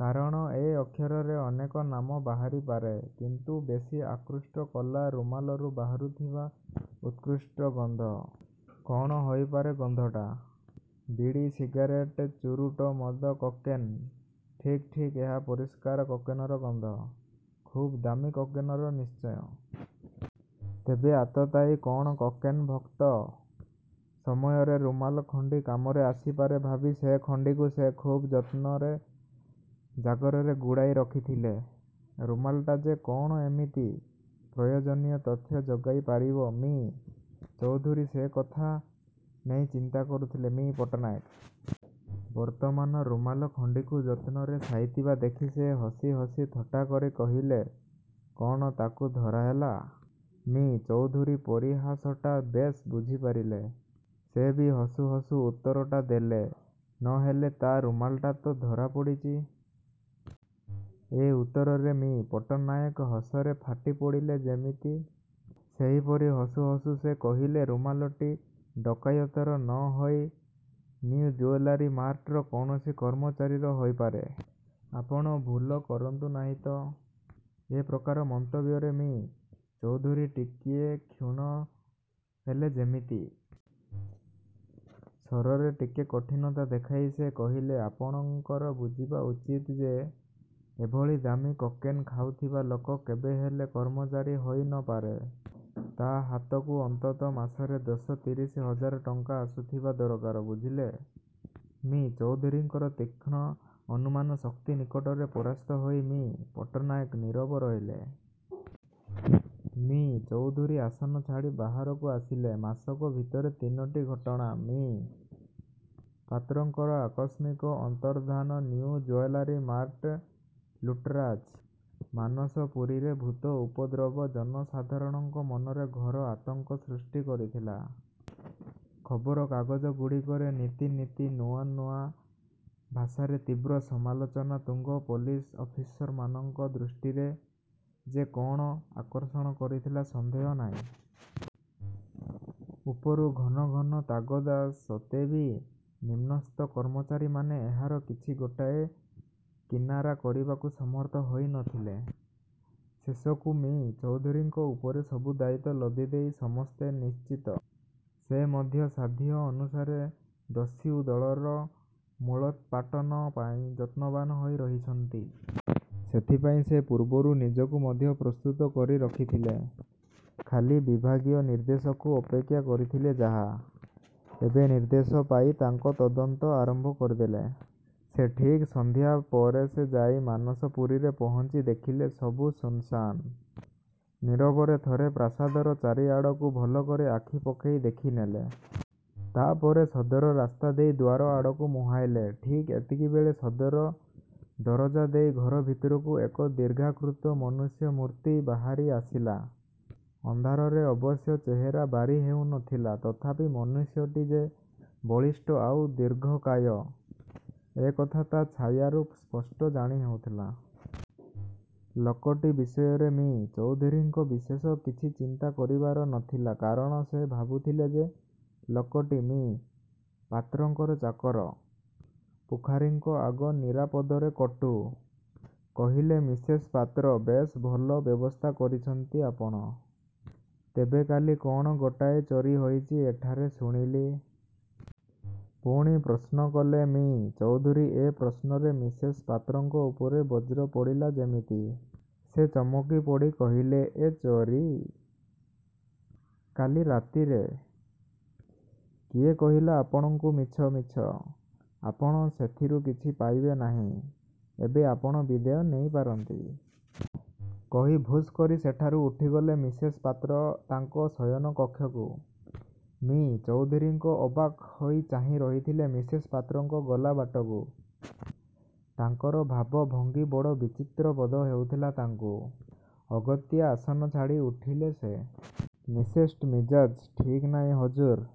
କାରଣ 'ଏ' ଅକ୍ଷରରେ ଅନେକ ନାମ ବାହାରି ପାରେ; କିନ୍ତୁ ତାଙ୍କୁ ବେଶୀ ଆକୃଷ୍ଟ କଲା ରୁମାଲରୁ ବାହାରୁଥିବା ଉତ୍କଟ ଗନ୍ଧ। କ'ଣ ହୋଇପାରେ ଗନ୍ଧଟା? ବିଡ଼ି, ସିଗାରେଟ୍, ଚୂରୁଟ, ମଦ, କୋକେନ୍ ଠିକ୍ ଠିକ୍ ଏହା ପରିଷ୍କାର କୋକେନର ଗନ୍ଧ। ଖୁବ୍ ଦାମୀ କୋକେନର ନିଶ୍ଚୟ-। ତେବେ ଆତତାୟୀ କ'ଣ କୋକେନ ଭକ୍ତ-? ସମୟରେ ରୁମାଲଖଣ୍ଡି କାମରେ ଆସିପାରେ ଭାବି ସେ ଖଣ୍ଡିକୁ ସେ ଖୁବ୍ ଯତ୍ନରେ କାଗଜରେ ଗୁଡ଼ାଇ ରଖିଲେ। ରୁମାଲଟା ଯେ କ'ଣ ଏମିତି ପ୍ରୟୋଜନୀୟ ତଥ୍ୟ ଯୋଗାଇ ପାରିବ ମି: ଚୌଧୁରୀଙ୍କୁ, ସେ କଥା ନେଇ ଚିନ୍ତା କରୁଥିଲେ ମି: ପଟ୍ଟନାୟକ। ବର୍ତ୍ତମାନ ରୁମାଲ ଖଣ୍ଡିକୁ ଯତ୍ନରେ ସାଇତିବା ଦେଖି ସେ ହସି ହସି ଥଟ୍ଟାକରି କହିଲେ, ''କଣ ତାକୁ ଧରା ହେଲା? '' ମି: ଚୌଧୁରୀ ପରିହାସଟା ବେଶ୍ ବୁଝିପାରିଲେ। ସେ ବି ହସୁ ହସୁ ଉତ୍ତର ଦେଲେ, ''ନ ହେଲେ ତା' ରୁମାଲଟା ତ ଧରା ପଡ଼ିଛି! '' ଏ ଉତ୍ତରରେ ମି: ପଟ୍ଟନାୟକ ହସରେ ଫାଟି ପଡ଼ିଲେ ଯେମିତି। ସେହିପରି ହସୁ ହସୁ ସେ କହିଲେ, ''ରୁମାଲଟି ଡକାୟତର ନ ହୋଇ ନିଉଜୁଏଲାରୀ ମାର୍ଟର କୌଣସି କର୍ମଚାରୀର ହୋଇପାରେ। ଆପଣ ଭୁଲ କରୁ ନାହାନ୍ତି ତ? '' ଏ ପ୍ରକାର ମନ୍ତବ୍ୟରେ ମି: ଚୌଧୁରୀ ଟିକିଏ କ୍ଷୁଣ୍ଣ ହେଲେ ଯେମିତି। ସ୍ୱରରେ ଟିକେ କଠିନତା ଦେଖାଇ ସେ କହିଲେ, ''ଆପଣଙ୍କର ବୁଝିବା ଉଚିତ ଯେ, ଏଭଳି ଦାମୀ କୋକେନ୍ ଖାଉଥିବା ଲୋକ କେବେ ହେଲେ କର୍ମଚାରୀ ହୋଇ ନ ପାରେ। ତା' ହାତକୁ ଅନ୍ତତଃ ମାସରେ ଦଶ ତିରିଶ ହଜାର ଟଙ୍କା ଆସୁଥିବା ଦରକାର, ବୁଝିଲେ? '' ମି: ଚୌଧୁରୀଙ୍କର ତୀକ୍ଷ୍ଣ ଅନୁମାନ ଶକ୍ତି ନିକଟରେ ପରାସ୍ତ ହୋଇ ମି: ପଟ୍ଟନାୟକ ନୀରବ ରହିଲେ। ମି: ଚୌଧୁରୀ ଆସନ ଛାଡ଼ି ବାହାରକୁ ଆସିଲେ। ମାସକ ଭିତରେ ତିନୋଟି ଘଟଣା-ମି: ପାତ୍ରଙ୍କର ଆକସ୍ମିକ ଅନ୍ତର୍ଦ୍ଧାନ, ନିଉ ଜୁଏଲାରୀ ମାର୍ଟ ଲୁଟ୍ତରାଜ, ମାନସପୁରୀରେ ଭୂତ ଉପଦ୍ରବ, ଜନ ସାଧାରଣଙ୍କ ମନରେ ଘୋର ଆତଙ୍କ ସୃଷ୍ଟି କରିଥିଲା। ଖବରକାଗଜ ଗୁଡ଼ିକରେ ନିତି ନିତି ନୂଆ ନୂଆ ଭାଷାରେ ତୀବ୍ର ସମାଲୋଚନା ତୁଙ୍ଗ ପୋଲିସ ଅଫିସରମାନଙ୍କ ଦୃଷ୍ଟି ଯେ ଆକର୍ଷଣ କରିଥିଲା, ସନ୍ଦେହ ନାହିଁ। ଉପରୁ ଘନ ଘନ ତାଗଦା ସତ୍ତ୍ୱେବି ନିମ୍ନସ୍ଥ କର୍ମଚାରୀମାନେ ଏହାର କିଛି ଗୋଟାଏ କିନାରା କରିବାକୁ ସମର୍ଥ ହୋଇ ନଥିଲେ। ଶେଷକୁ ମି: ଚୌଧୁରୀଙ୍କ ଉପରେ ସବୁ ଦାୟିତ୍ୱ ଲଦିଦେଇ ସମସ୍ତେ ନିଶ୍ଚିନ୍ତ। ସେ ମଧ୍ୟ ସାଧ୍ୟ ଅନୁସାରେ ଦସ୍ୟୁ ଦଳର ମୂଳୋତ୍ପାଟନ ପାଇଁ ଯତ୍ନବାନ୍ ହୋଇ ରହିଛନ୍ତି। ସେଥିପାଇଁ ସେ ପୂର୍ବରୁ ନିଜକୁ ମଧ୍ୟ ପ୍ରସ୍ତୁତ କରି ରଖିଥିଲେ; ଖାଲି ବିଭାଗୀୟ ନିର୍ଦ୍ଦେଶକୁ ଅପେକ୍ଷା କରିଥିଲେ ଯାହା। ଏବେ ନିର୍ଦ୍ଦେଶ ପାଇ ତାଙ୍କ ତଦନ୍ତ ଆରମ୍ଭ କରିଦେଲେ। ସେଦିନ ଠିକ୍ ସନ୍ଧ୍ୟା ପରେ ସେ ଯାଇ ମାନସପୁରୀରେ ପହଞ୍ଚି ଦେଖିଲେ-ସବୁ ଶୂନ୍ ଶାନ୍। ନୀରବରେ ଥରେ ପ୍ରାସାଦର ଚାରି ଆଡ଼କୁ ଭଲକରି ଆଖି ପକାଇ ଦେଖିନେଲେ। ତା'ପରେ ସଦର ରାସ୍ତା ଦେଇ ଦ୍ୱାର ଆଡ଼କୁ ମୁହାଁଇଲେ। ଠିକ୍ ଏତିକିବେଳେ ସଦର ଦରଜା ଦେଇ ଘର ଭିତରୁ ଏକ ଦୀର୍ଘାକୃତ ମନୁଷ୍ୟମୂର୍ତ୍ତି ବାହାରି ଆସିଲା। ଅନ୍ଧାରରେ ଅବଶ୍ୟ ଚେହେରା ବାରି ହେଉ ନଥିଲା। ତଥାପି ମନୁଷ୍ୟଟି ଯେ ବଳିଷ୍ଠ ଆଉ ଦୀର୍ଘକାୟ, ଏକଥା ତା'ଛାୟାରୁ ସ୍ପଷ୍ଟ ଜାଣି ହେଉଥିଲା। ଲୋକଟି ବିଷୟରେ ମି: ଚୌଧୁରୀଙ୍କର ବିଶେଷ କିଛି ଚିନ୍ତା କରିବାର ନଥିଲା; କାରଣ ସେ ଭାବୁଥିଲେ ଯେ ଲୋକଟି ମି: ପାତ୍ରଙ୍କର ଚାକର। ପୁଝାରୀଙ୍କ। ଆଗ ନିରାପଦରେ କଟୁ। '' କହିଲେ ମିସେସ୍ ପାତ୍ର। ''ବେଶ୍! ଭଲ ବ୍ୟବସ୍ଥା କରିଛନ୍ତି ଆପଣ। ତେବେ କାଲି କ'ଣ ଗୋଟାଏ ଚୋରୀ ହୋଇଛି ଏଠାରେ ଶୁଣିଲି। '' ପୁଣି ପ୍ରଶ୍ନ କଲେ ମି: ଚୌଧୁରୀ। ଏ ପ୍ରଶ୍ନରେ ମିସେସ୍ ପାତ୍ରଙ୍କ ଉପରେ ବଜ୍ର ପଡ଼ିଗଲା ଯେମିତି। ସେ ଚମକିପଡ଼ି କହିଲେ, ''ଏଁ, ଚୋରୀ! କାଲି ରାତିରେ? କିଏ କହିଲା ଆପଣଙ୍କୁ? ମିଛ, ମିଛ; ଆପଣ ସେଥିରୁ କିଛି ପାଇବେ ନାହିଁ। ଏବେ ଆପଣ ବିଦାୟ ନେଇ ପାରନ୍ତି। '' କହି ଭୁଷ୍ କରି ସେଠାରୁ ଉଠିଗଲେ ମିସେସ୍ ପାତ୍ର ତାଙ୍କ ଶୟନ କକ୍ଷକୁ। ମି: ଚୌଧୁରୀ ଅବାକ୍ ହୋଇ ଚାହିଁ ରହିଥିଲେ ମିସେସ୍ ପାତ୍ରଙ୍କ ଗଲା ବାଟକୁ। ତାଙ୍କର ଭାବ ଭଙ୍ଗି ବଡ଼ ବିଚିତ୍ର ବୋଧ ହେଉଥିଲା ତାଙ୍କୁ। ଅଗତ୍ୟା ଆସନ ଛାଡ଼ି ଉଠିଲେ ସେ। ''ମିସେସ୍ଙ୍କ ମିଜାଜ୍ ଠିକ୍ ନାହିଁ ହଜୁର୍!